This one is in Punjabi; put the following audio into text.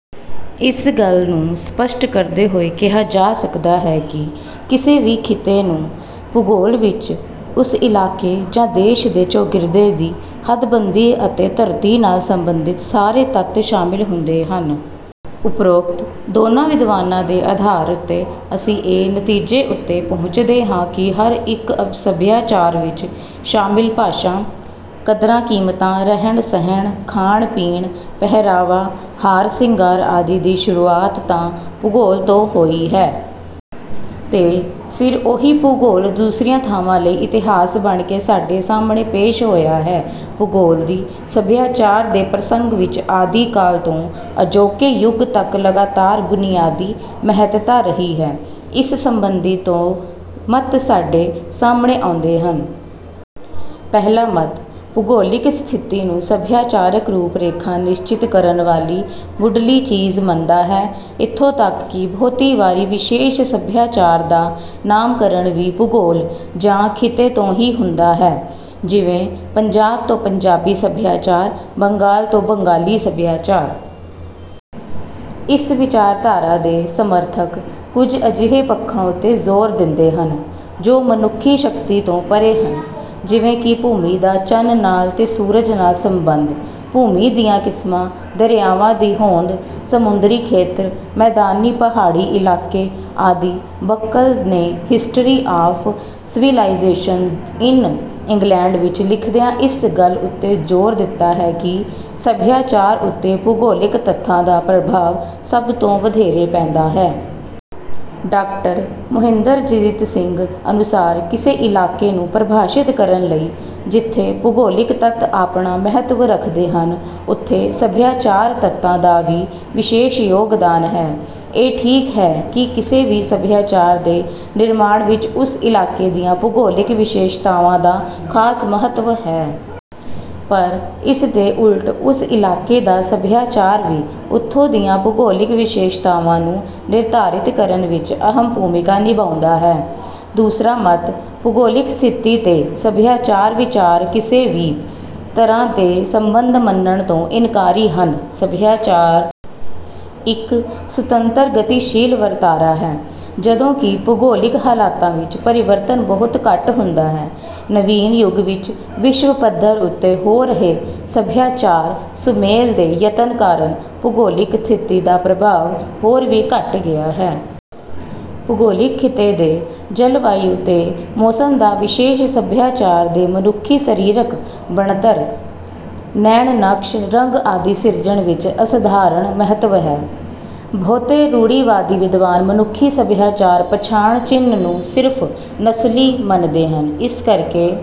ਇਸ ਗੱਲ ਨੂੰ ਸਪਸ਼ਟ ਕਰਦੇ ਹੋਏ ਕਿਹਾ ਜਾ ਸਕਦਾ ਹੈ ਕਿ ਕਿਸੇ ਵੀ ਖਿੱਤੇ ਦੇ ਭੂਗੋਲ ਵਿੱਚ ਉਸ ਇਲਾਕੇ ਜਾਂ ਦੇਸ਼ ਦੇ ਚੌਗਿਰਦੇ ਦੀ ਹੱਦਬੰਦੀ ਅਤੇ ਧਰਤੀ ਨਾਲ ਸਬੰਧਿਤ ਸਾਰੇ ਤੱਤ ਸ਼ਾਮਿਲ ਹੁੰਦੇ ਹਨ। ਉਪਰੋਕਤ ਦੋਨਾਂ ਵਿਦਵਾਨਾਂ ਦੇ ਅਧਾਰ ਉੱਤੇ ਅਸੀਂ ਇਸ ਨਤੀਜੇ ਉੱਤੇ ਪਹੁੰਚਦੇ ਹਾਂ ਕਿ ਹਰ ਇੱਕ ਸਭਿਆਚਾਰ ਵਿੱਚ ਸ਼ਾਮਿਲ ਭਾਸ਼ਾ, ਕਦਰਾਂ ਕੀਮਤਾਂ, ਰਹਿਣ ਸਹਿਣ, ਖਾਣ ਪੀਣ, ਪਹਿਰਾਵਾ, ਹਾਰ ਸਿੰਗਾਰ ਆਦਿ ਦੀ ਸ਼ੁਰੂਆਤ ਤਾਂ ਭੂਗੋਲ ਤੋਂ ਹੋਈ ਹੈ। ਤੇ ਫਿਰ ਓਹੀ ਭੂਗੋਲ ਦੂਸਰੀਆਂ ਥਾਵਾਂ ਲਈ ਇਤਿਹਾਸ ਬਣ ਕੇ ਸਾਡੇ ਸਾਹਮਣੇ ਪੇਸ਼ ਹੋਇਆ ਹੈ। ਭੂਗੋਲ ਦੀ ਸਭਿਆਚਾਰ ਦੇ ਪ੍ਰਸੰਗ ਵਿੱਚ ਆਦਿ ਕਾਲ ਤੋਂ ਅਜੋਕੇ ਯੁੱਗ ਤੱਕ ਲਗਾਤਾਰ ਬੁਨਿਆਦੀ ਮਹੱਤਤਾ ਰਹੀ ਹੈ। ਇਸ ਸਬੰਧੀ ਦੋ ਮਤ ਸਾਡੇ ਸਾਹਮਣੇ ਆਉਂਦੇ ਹਨ। ਪਹਿਲਾ ਮਤ ਭੂਗੋਲਿਕ ਸਥਿਤੀ ਨੂੰ ਸਭਿਆਚਾਰਕ ਰੂਪ ਰੇਖਾ ਨਿਸ਼ਚਿਤ ਕਰਨ ਵਾਲੀ ਮੁੱਢਲੀ ਚੀਜ਼ ਮੰਨਦਾ ਹੈ। ਇੱਥੋਂ ਤੱਕ ਕਿ ਬਹੁਤੀ ਵਾਰੀ ਵਿਸ਼ੇਸ਼ ਸਭਿਆਚਾਰ ਦਾ ਨਾਮਕਰਣ ਵੀ ਭੂਗੋਲ ਜਾਂ ਖਿੱਤੇ ਤੋਂ ਹੀ ਹੁੰਦਾ ਹੈ, ਜਿਵੇਂ ਪੰਜਾਬ ਤੋਂ ਪੰਜਾਬੀ ਸਭਿਆਚਾਰ, ਬੰਗਾਲ ਤੋਂ ਬੰਗਾਲੀ ਸਭਿਆਚਾਰ। ਇਸ ਵਿਚਾਰਧਾਰਾ ਦੇ ਸਮਰਥਕ ਕੁੱਝ ਅਜਿਹੇ ਪੱਖਾਂ ਉੱਤੇ ਜੋਰ ਦਿੰਦੇ ਹਨ, ਜੋ ਮਨੁੱਖੀ ਸ਼ਕਤੀ ਤੋਂ ਪਰ੍ਹੇ ਹਨ। ਜਿਵੇਂ ਕਿ ਭੂਮੀ ਦਾ ਚੰਨ ਨਾਲ ਤੇ ਸੂਰਜ ਨਾਲ ਸੰਬੰਧ, ਭੂਮੀ ਦੀਆਂ ਕਿਸਮਾਂ, ਦਰਿਆਵਾਂ ਦੀ ਹੋਂਦ, ਸਮੁੰਦਰੀ ਖੇਤਰ, ਮੈਦਾਨੀ ਪਹਾੜੀ ਇਲਾਕੇ ਆਦਿ ਬਕਲ ਨੇ history of civilization in England ਵਿੱਚ ਲਿਖਦਿਆਂ ਇਸ ਗੱਲ ਉੱਤੇ ਜੋਰ ਦਿੱਤਾ ਹੈ ਕਿ ਸਭਿਆਚਾਰ ਉੱਤੇ ਭੂਗੋਲਿਕ ਤੱਥਾਂ ਦਾ ਪ੍ਰਭਾਵ ਸਭ ਤੋਂ ਵਧੇਰੇ ਪੈਂਦਾ ਹੈ। ਡਾਕਟਰ ਮੁਹਿੰਦਰਜੀਤ ਸਿੰਘ ਅਨੁਸਾਰ ਕਿਸੇ ਇਲਾਕੇ ਨੂੰ ਪ੍ਰਭਾਸ਼ਿਤ ਕਰਨ ਲਈ ਜਿੱਥੇ ਭੂਗੋਲਿਕ ਤੱਤ ਆਪਣਾ ਮਹੱਤਵ ਰੱਖਦੇ ਹਨ, ਉੱਥੇ ਸਭਿਆਚਾਰਕ ਤੱਤਾਂ ਦਾ ਵੀ ਵਿਸ਼ੇਸ਼ ਯੋਗਦਾਨ ਹੈ। ਇਹ ਠੀਕ ਹੈ ਕਿ ਕਿਸੇ ਵੀ ਸਭਿਆਚਾਰ ਦੇ ਨਿਰਮਾਣ ਵਿੱਚ ਉਸ ਇਲਾਕੇ ਦੀਆਂ ਭੂਗੋਲਿਕ ਵਿਸ਼ੇਸ਼ਤਾਵਾਂ ਦਾ ਖਾਸ ਮਹੱਤਵ ਹੈ। ਪਰ ਇਸ ਦੇ ਉਲਟ ਉਸ ਇਲਾਕੇ ਦਾ ਸਭਿਆਚਾਰ ਵੀ ਉੱਥੋਂ ਦੀਆਂ ਭੂਗੋਲਿਕ ਵਿਸ਼ੇਸ਼ਤਾਵਾਂ ਨੂੰ ਨਿਰਧਾਰਿਤ ਕਰਨ ਵਿੱਚ ਅਹਿਮ ਭੂਮਿਕਾ ਨਿਭਾਉਂਦਾ ਹੈ। ਦੂਸਰਾ ਮਤ ਭੂਗੋਲਿਕ ਸਥਿਤੀ ਤੇ ਸਭਿਆਚਾਰ ਵਿਚਕਾਰ ਕਿਸੇ ਵੀ ਤਰ੍ਹਾਂ ਦੇ ਸੰਬੰਧ ਮੰਨਣ ਤੋਂ ਇਨਕਾਰੀ ਹਨ। ਸਭਿਆਚਾਰ ਇੱਕ ਸੁਤੰਤਰ ਗਤੀਸ਼ੀਲ ਵਰਤਾਰਾ ਹੈ, ਜਦੋਂ ਕਿ ਭੂਗੋਲਿਕ ਹਾਲਾਤਾਂ ਵਿੱਚ ਪਰਿਵਰਤਨ ਬਹੁਤ ਘੱਟ ਹੁੰਦਾ ਹੈ। ਨਵੀਨ ਯੁੱਗ ਵਿੱਚ ਵਿਸ਼ਵ ਪੱਧਰ ਉੱਤੇ ਹੋ ਰਹੇ ਸਭਿਆਚਾਰ ਸੁਮੇਲ ਦੇ ਯਤਨ ਕਾਰਨ ਭੂਗੋਲਿਕ ਸਥਿਤੀ ਦਾ ਪ੍ਰਭਾਵ ਹੋਰ ਵੀ ਘੱਟ ਗਿਆ ਹੈ। ਭੂਗੋਲਿਕ ਖਿੱਤੇ ਦੇ ਜਲਵਾਯੂ ਤੇ ਮੌਸਮ ਦਾ ਵਿਸ਼ੇਸ਼ ਸਭਿਆਚਾਰ ਦੇ ਮਨੁੱਖੀ ਸਰੀਰਕ ਬਣਤਰ, ਨੈਣ ਨਕਸ਼, ਰੰਗ ਆਦਿ ਸਿਰਜਣ ਵਿੱਚ ਅਸਧਾਰਨ ਮਹੱਤਵ ਹੈ। ਬਹੁਤੇ ਰੂੜੀਵਾਦੀ ਵਿਦਵਾਨ ਮਨੁੱਖੀ ਸਭਿਆਚਾਰ ਪਛਾਣ ਚਿੰਨ੍ਹ ਨੂੰ ਸਿਰਫ ਨਸਲੀ ਮੰਨਦੇ ਹਨ। ਇਸ ਕਰਕੇ...